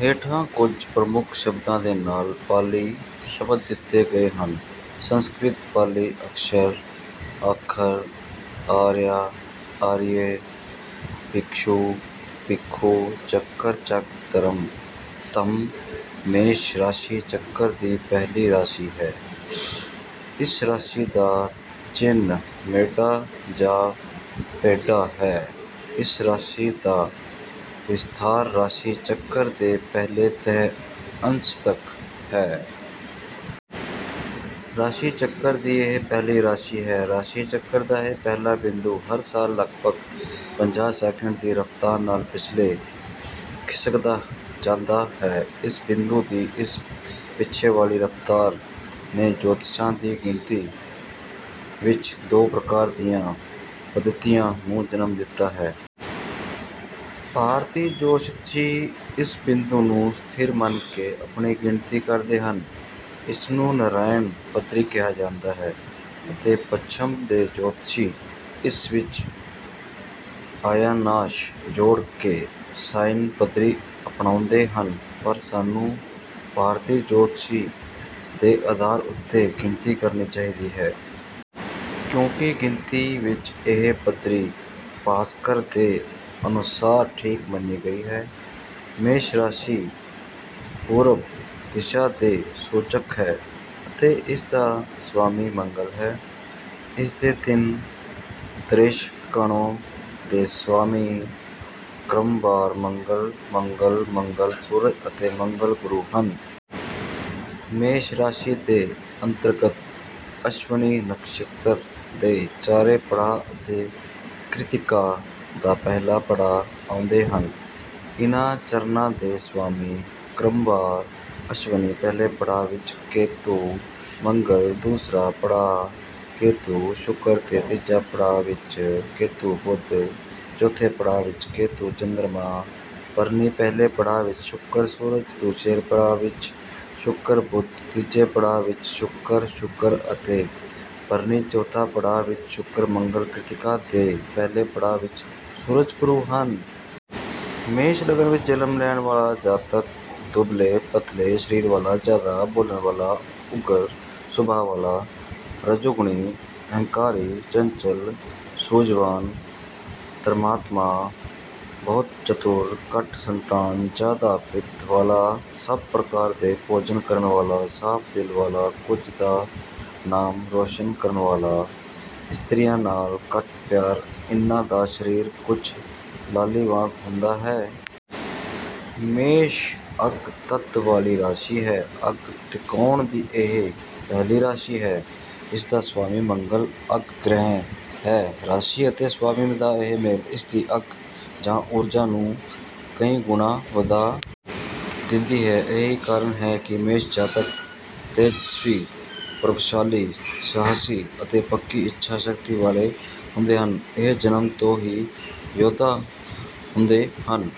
ਹੇਠਾਂ ਕੁੱਝ ਪ੍ਰਮੁੱਖ ਸ਼ਬਦਾਂ ਦੇ ਨਾਲ ਪਾਲੀ ਸ਼ਬਦ ਦਿੱਤੇ ਗਏ ਹਨ। ਸੰਸਕ੍ਰਿਤ ਪਾਲੀ ਅਕਸ਼ਰ ਅੱਖਰ ਆਰੀਆ ਅਰਿਯ ਭਿਕਸ਼ੂ ਭਿੱਖੁ ਚੱਕਰ ਚੱਕ ਧਰਮ ਧੰਮ। ਮੇਸ਼ ਰਾਸ਼ੀ ਚੱਕਰ ਦੀ ਪਹਿਲੀ ਰਾਸ਼ੀ ਹੈ ਇਸ ਰਾਸ਼ੀ ਦਾ ਚਿੰਨ੍ਹ ਮੇਢਾ ਜਾਂ ਭੇਡਾ ਹੈ ਇਸ ਰਾਸ਼ੀ ਦਾ ਵਿਸਥਾਰ ਰਾਸ਼ੀ ਚੱਕਰ ਦੇ ਪਹਿਲੇ ਤੀਹ ਅੰਸ਼ ਤੱਕ ਹੈ। ਰਾਸ਼ੀ ਚੱਕਰ ਦੀ ਇਹ ਪਹਿਲੀ ਰਾਸ਼ੀ ਹੈ। ਰਾਸ਼ੀ ਚੱਕਰ ਦਾ ਇਹ ਪਹਿਲਾ ਬਿੰਦੂ ਹਰ ਸਾਲ ਲਗਭੱਗ ਪੰਜਾਹ ਸੈਕੰਡ ਦੀ ਰਫਤਾਰ ਨਾਲ ਪਿੱਛੇ ਖਿਸਕਦਾ ਜਾਂਦਾ ਹੈ। ਇਸ ਬਿੰਦੂ ਦੀ ਇਸ ਪਿੱਛੇ ਵਾਲੀ ਰਫਤਾਰ ਨੇ ਜੋਤਿਸ਼ੀਆਂ ਦੀ ਗਿਣਤੀ ਵਿੱਚ ਦੋ ਪ੍ਰਕਾਰ ਦੀਆਂ ਪੱਧਤੀਆਂ ਨੂੰ ਜਨਮ ਦਿੱਤਾ ਹੈ। ਭਾਰਤੀ ਜੋਤਿਸ਼ੀ ਇਸ ਬਿੰਦੂ ਨੂੰ ਸਥਿਰ ਮੰਨ ਕੇ ਆਪਣੀ ਗਿਣਤੀ ਕਰਦੇ ਹਨ। ਇਸਨੂੰ ਨਿਰਇਣ ਪੱਧਤੀ ਕਿਹਾ ਜਾਂਦਾ ਹੈ। ਅਤੇ ਪੱਛਮ ਦੇ ਜੋਤਿਸ਼ੀ ਇਸ ਵਿੱਚ ਅਯਨਾਂਸ਼ ਜੋੜ ਕੇ ਸਾਇਨ ਪੱਧਤੀ ਅਪਣਾਉਂਦੇ ਹਨ। ਪਰ ਸਾਨੂੰ ਭਾਰਤੀ ਜੋਤਿਸ਼ ਦੇ ਆਧਾਰ ਉੱਤੇ ਗਿਣਤੀ ਕਰਨੀ ਚਾਹੀਦੀ ਹੈ। ਕਿਉਂਕਿ ਗਿਣਤੀ ਵਿੱਚ ਇਹ ਪੱਧਤੀ ਭਾਸਕਰ ਦੇ ਅਨੁਸਾਰ ਠੀਕ ਮੰਨੀ ਗਈ ਹੈ। ਮੇਸ਼ ਰਾਸ਼ੀ ਪੂਰਬ ਦਿਸ਼ਾ ਦੀ ਸੂਚਕ ਹੈ ਅਤੇ ਇਸਦਾ ਸਵਾਮੀ ਮੰਗਲ ਹੈ। ਇਸਦੇ ਤਿੰਨ ਦਰੇਸ਼ਕਾਣੋਂ ਦੇ ਸਵਾਮੀ ਕ੍ਰਮਵਾਰ ਮੰਗਲ ਮੰਗਲ ਮੰਗਲ ਸੂਰਜ ਅਤੇ ਮੰਗਲ ਗੁਰੂ ਹਨ। ਮੇਸ਼ ਰਾਸ਼ੀ ਦੇ ਅੰਤਰਗਤ ਅਸ਼ਵਿਨੀ ਨਛੱਤਰ ਦੇ ਚਾਰੇ ਪੜਾਅ ਅਤੇ ਕ੍ਰਿਤਿਕਾ ਦਾ ਪਹਿਲਾ ਪੜਾਅ ਆਉਂਦੇ ਹਨ। ਇਨ੍ਹਾਂ ਚਰਣਾਂ ਦੇ ਸਵਾਮੀ ਕ੍ਰਮਵਾਰ ਅਸ਼ਵਿਨੀ ਪਹਿਲੇ ਪੜਾਅ ਵਿੱਚ ਕੇਤੁ ਮੰਗਲ ਦੂਸਰਾ ਪੜਾਅ ਵਿੱਚ ਕੇਤੁ ਸ਼ੁਕਰ ਤੀਜੇ ਪੜਾਅ ਵਿੱਚ ਕੇਤੁ ਬੁੱਧ ਚੌਥਾ ਪੜਾਅ ਵਿੱਚ ਕੇਤੁ ਚੰਦਰਮਾ ਭਰਨੀ ਪਹਿਲੇ ਪੜਾਅ ਵਿੱਚ ਸ਼ੁਕਰ ਸੂਰਜ ਦੂਸਰੇ ਪੜਾਅ ਵਿੱਚ ਸ਼ੁਕਰ ਬੁੱਧ ਤੀਜੇ ਪੜਾਅ ਵਿੱਚ ਸ਼ੁਕਰ ਸ਼ੁਕਰ ਅਤੇ ਭਰਨੀ ਚੌਥਾ ਪੜਾਅ ਵਿੱਚ ਸ਼ੁਕਰ ਮੰਗਲ ਕ੍ਰਿਤਿਕਾ ਦੇ ਪਹਿਲੇ ਪੜਾਅ ਵਿੱਚ ਸੂਰਜ ਗੁਰੂ ਹਨ। ਮੇਸ਼ ਲਗਨ ਵਿੱਚ ਜਨਮ ਲੈਣ ਵਾਲਾ ਜਾਤਕ ਦੁਬਲੇ ਪਤਲੇ ਸਰੀਰ ਵਾਲਾ ਜਿਆਦਾ ਬੋਲਣ ਵਾਲਾ ਉਗਰ ਸੁਭਾਅ ਵਾਲਾ ਰਜੋਗੁਣੀ ਅਹੰਕਾਰੀ ਚੰਚਲ ਸੂਝਵਾਨ ਧਰਮਾਤਮਾ ਬਹੁਤ ਚਤੁਰ ਘੱਟ ਸੰਤਾਨ ਜਿਆਦਾ ਪਿੱਤ ਵਾਲਾ ਸਭ ਪ੍ਰਕਾਰ ਦੇ ਭੋਜਨ ਕਰਨ ਵਾਲਾ ਸਾਫ ਦਿਲ ਵਾਲਾ ਕੁਲ ਦਾ ਨਾਮ ਰੌਸ਼ਨ ਕਰਨ ਵਾਲਾ ਇਸਤਰੀਆਂ ਨਾਲ ਘੱਟ ਪਿਆਰ ਇਨ੍ਹਾਂ ਦਾ ਸਰੀਰ ਕੁੱਝ ਲਾਲੀ ਵਾਲਾ ਹੁੰਦਾ ਹੈ। ਮੇਸ਼ ਅੱਗ ਤੱਤ ਵਾਲੀ ਰਾਸ਼ੀ ਹੈ ਅੱਗ ਤਿਕੋਣ ਦੀ ਇਹ ਪਹਿਲੀ ਰਾਸ਼ੀ ਹੈ ਇਸਦਾ ਸਵਾਮੀ ਮੰਗਲ ਅੱਗ ਗ੍ਰਹਿ ਹੈ ਰਾਸ਼ੀ ਅਤੇ ਸਵਾਮੀ ਦਾ ਇਹ ਮੇਲ ਇਸਦੀ ਅੱਗ ਜਾਂ ਊਰਜਾ ਨੂੰ ਕਈ ਗੁਣਾ ਵਧਾ ਦਿੰਦੀ ਹੈ ਇਹੀ ਕਾਰਨ ਹੈ ਕਿ ਮੇਸ਼ ਜਾਤਕ ਤੇਜਸਵੀ ਪ੍ਰਭਾਵਸ਼ਾਲੀ ਸਾਹਸੀ ਅਤੇ ਪੱਕੀ ਇੱਛਾ ਸ਼ਕਤੀ ਵਾਲੇ ਹੁੰਦੇ ਹਨ ਇਹ ਜਨਮ ਤੋਂ ਹੀ ਯੋਧਾ ਹੁੰਦੇ ਹਨ